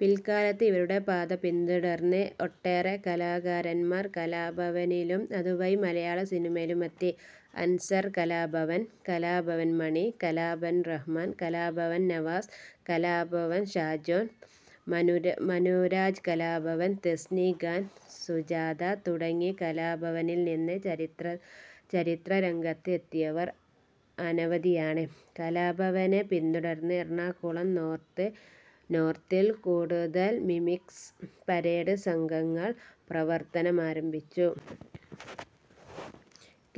പിൽക്കാലത്ത് ഇവരുടെ പാത പിന്തുടർന്ന് ഒട്ടേറെ കാലാകാരൻമാർ കലാഭവനിലും അതുവഴി മലയാള സിനിമയിലുമെത്തി. അൻസാർ കലാഭവൻ, കലാഭവൻ മണി, കലാഭവൻ റഹ്മാൻ, കലാഭവൻ നവാസ്, കലാഭവൻ ഷാജോൺ, മനുരാജ് കലാഭവൻ, തെസ്നി ഖാൻ, സുജാത തുടങ്ങി കലാഭവനിൽനിന്ന് ചരിത്ര രംഗത്ത് എത്തിയവർ അനവധിയാണ്. കലാഭവനെ പിന്തുടർന്ന് എറണാകുളം നോർത്ത് നോർത്തിൽ കൂടുതൽ മിമിക്സ് പരേഡ് സംഘങ്ങൾ പ്രവർത്തനമാരംഭിച്ചു.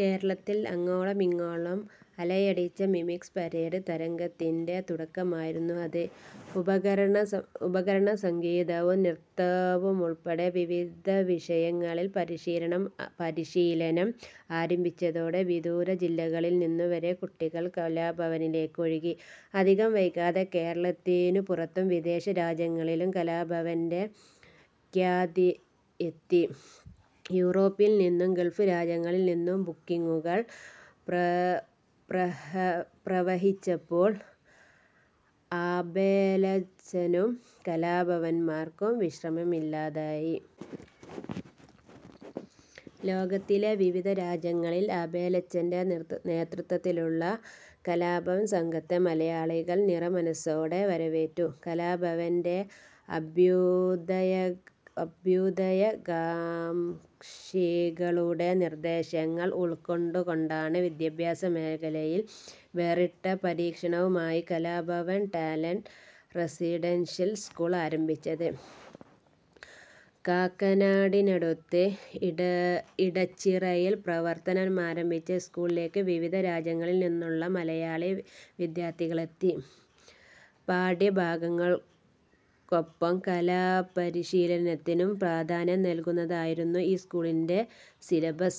കേരളത്തിൽ അങ്ങോളമിങ്ങോളം അലയടിച്ച മിമിക്സ് പരേഡ് തരംഗത്തിന്റെ തുടക്കമായിരുന്നു അത്. ഉപകരണ സംഗീതവും നൃത്തവുമുൾപ്പെടെ വിവിധ വിഷയങ്ങളിൽ പരിശീലനം ആരംഭിച്ചതോടെ വിദൂര ജില്ലകളിൽനിന്നുവരെ കുട്ടികൾ കലാഭവനിലേക്ക് ഒഴുകി. അധികം വൈകാതെ കേരളത്തിനു പുറത്തും വിദേശ രാജ്യങ്ങളിലും കലാഭവന്റെ ഖ്യാതിയെത്തി. യൂറോപ്പിൽനിന്നും ഗൾഫ് രാജ്യങ്ങളിൽനിന്നും ബുക്കിംഗുകൾ പ്രവഹിച്ചപ്പോൾ ആബേലച്ചനും കലാകാരൻമാർക്കും വിശ്രമമില്ലാതായി. ലോകത്തിലെ വിവിധ രാജ്യങ്ങളിൽ ആബേലച്ചന്റെ നേതൃത്വത്തിലുള്ള കാലാഭവൻ സംഘത്തെ മലയാളികൾ നിറമനസോടെ വരവേറ്റു. കലാഭവന്റെ അഭ്യുദയകാംക്ഷികളുടെ നിർദ്ദേശങ്ങൾ ഉൾക്കൊണ്ടുകൊണ്ടാണ് വിദ്യാഭ്യാസ മേഖലയിൽ വേറിട്ട പരീക്ഷണവുമായി കലാഭവൻ ടാലൻറ് റസിഡൻഷ്യൽ സ്കൂൾ ആരംഭിച്ചത്. കാക്കനാടിനടുത്ത് ഇടച്ചിറയിൽ പ്രവർത്തനമാരംഭിച്ച സ്കൂളിലേക്ക് വിവിധ രാജ്യങ്ങളിൽനിന്നുള്ള മലയാളി വിദ്യാർത്ഥികളെത്തി. പാഠ്യഭാഗങ്ങൾക്കൊപ്പം കലാപരിശീലനത്തിനും പ്രാധാന്യം നൽകുന്നതായിരുന്നു ഈ സ്കൂളിന്റെ സിലബസ്.